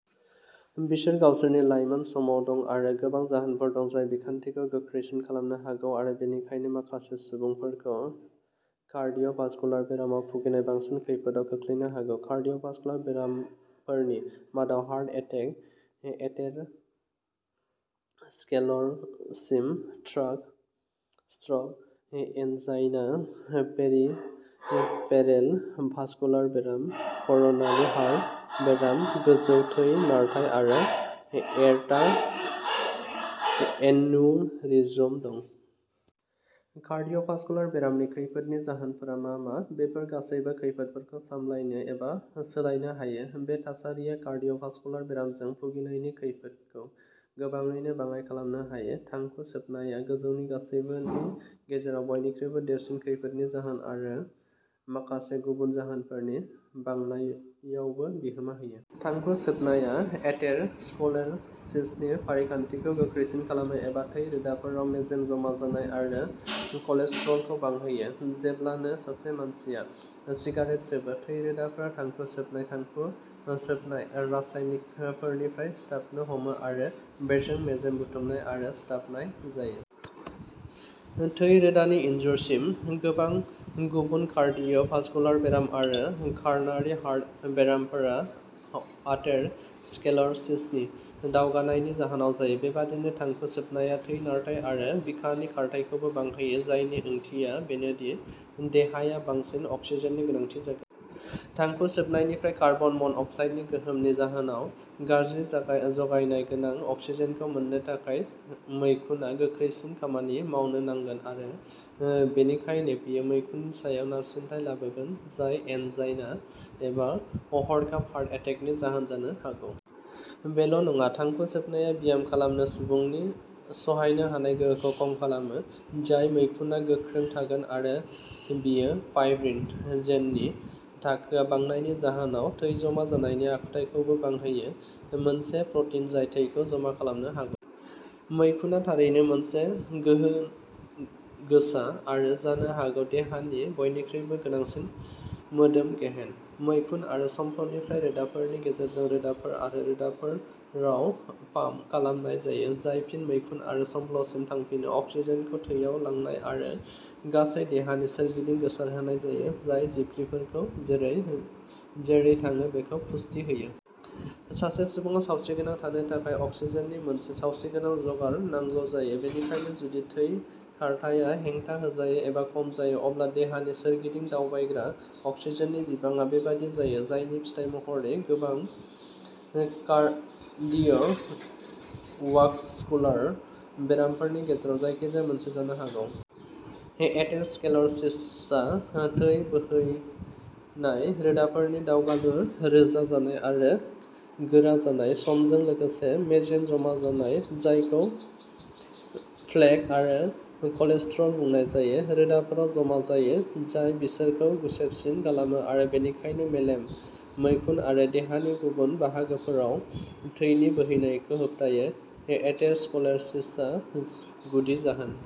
बिसोर गावसोरनि लायमोन समाव दं आरो गोबां जाहोनफोर दं जाय बिखान्थिखौ गोख्रैसिन खालामनो हागौ आरो बेनिखायनो माखासे सुबुंफोरखौ कार्डिय'भास्कुलार बेरामाव भुगिनाय बांसिन खैफोदाव खोख्लैनो हागौ। कार्डिय'भास्कुलार बेरामफोरनि मादाव heart attack, atherosclerosis, stroke stroke, angina, peripheral vascular बेराम, कर'नारि हार्ट बेराम, गोजौ थै नारथाय आरो ए'र्टा एन्युरिज्म दं। कार्डिय'भास्कुलार बेरामनि खैफोदनि जाहोनफोरा मा मा? बेफोर गासैबो खैफोदफोरखौ सामलायनो एबा सोलायनो हायो, बे थासारियाव कार्डिय'भास्कुलार बेरामजों भुगिनायनि खैफोदखौ गोबाङैनो बाङाय खालामनो हायो। थांखु सोबनाया गोजौनि गासैबोनि गेजेराव बयनिख्रुइबो देरसिन खैफोदनि जाहोन आरो माखासे गुबुन जाहोनफोरनि बांनायावबो बिहोमा होयो। थांखु सोबनाया एथेर'स्क्लेर'सिसनि फारिखान्थिखौ गोख्रैसिन खालामो, एबा थै रोदाफोराव मेजेम जमा जानाय आरो कलेस्ट्रलखौ बांहोयो। जेब्लानो सासे मानसिया सिगारेट सोबो, थै रोदाफोरा थांखु सोबनाय थांखु सोबनाय रासायनिकफोरनिफ्राय सिथाबनो हमो आरो बेजों मेजेम बुथुमनाय आरो सिथाबनाय जायो। थै रोदानि इन्जुरसिम। गोबां गुबुन कार्डिय "भास्कुलार बेराम आरो कर" नारि हार्ट बेरामफोरा आथेर "स्क्लेरसिसनि दावगानायनि जाहोनाव जायो। बेबायदिनो थांखु सोबनाया थै नारथाय आरो बिखानि खारथाइखौबो बांहोयो जायनि ओंथिया बेनोदि देहाया बांसिन अक्सिजेननि गोनांथि जागोन। थांखु सोबनायनिफ्राय कार्बन मन" अक्साइडनि गोहोमनि जाहोनाव गाज्रि जागाय जगायनाय गोनां अक्सिजेनखौ मोननो थाखाय मैखुना गोख्रैसिन खामानि मावनो नांगोन आरो ओ बेनिखायनो बेयो मैखुननि सायाव नारसिनथाय लाबोगोन, जाय एन्जाइना एबा हरखाब हार्ट एटेकनि जाहोन जानो हागौ। बेल "नङा, थांखु सोबनाया ब्याम खालामनो सुबुंनि सहायनो हानाय गोहोखौ खम खालामो, जाय मैखुना गोख्रों थागोन आरो बेयो फाइब्रिन" जेननि थाखोआ बांनायनि जाहोनाव थै जमा जानायनि आखुथायखौबो बांहोयो, मोनसे प्रटिन जाय थैखौ जमा खालामनो हागौ। मैखुना थारैनो मोनसे गोहोगोसा आरो जानो हागौ देहानि बयनिख्रुइबो गोनांसिन मोदोम गेहेन। मैखुन आरो संफ्लनिफ्राय रोदाफोरनि गेजेरजों रोदाफोर आरो रोदाफोर आव पाम्प खालामनाय जायो, जाय फिन मैखुन आरो संफ्लफोरसिम थांफिनो। अक्सिजेनखौ थैयाव लांनाय जायो आरो गासै देहानि सोरगिदिं गोसारहोनाय जायो, जाय जिबख्रिफोरखौ जेरै-जेरै थाङो बेखौ पुष्टि होयो। सासे सुबुङा सावस्रिगोनां थानो थाखाय अक्सिजेननि मोनसे सावस्रिगोनां जगार नांगौ जायो। बेनिखायनो जुदि थै खारथाया हेंथाहोजायो एबा खम जायो, अब्ला देहानि सोरगिदिं दावबायग्रा अक्सिजेननि बिबाङा बेबादि जायो, जायनि फिथाय महरै गोबां कार्डिय'वास्कुलार बेरामफोरनि गेजेराव जायखिजाया मोनसे जानो हागौ। एथेर'स्क्लेर'सिसआ थै बोहैनाय रोदाफोरनि दावगालु रोजा जानाय आरो गोरा जानाय। समजों लोगोसे, मेजेम जमा जानाय, जायखौ प्लेक आरो कलेस्ट्रल बुंनाय जायो, रोदाफोराव जमा जायो, जाय बिसोरखौ गुसेबसिन खालामो आरो बेनिखायनो मेलेम, मैखुन आरो देहानि गुबुन बाहागोफोराव थैनि बोहैनायखौ होबथायो। एथेर'स्क्लेर'सिसआ गुदि जाहोन।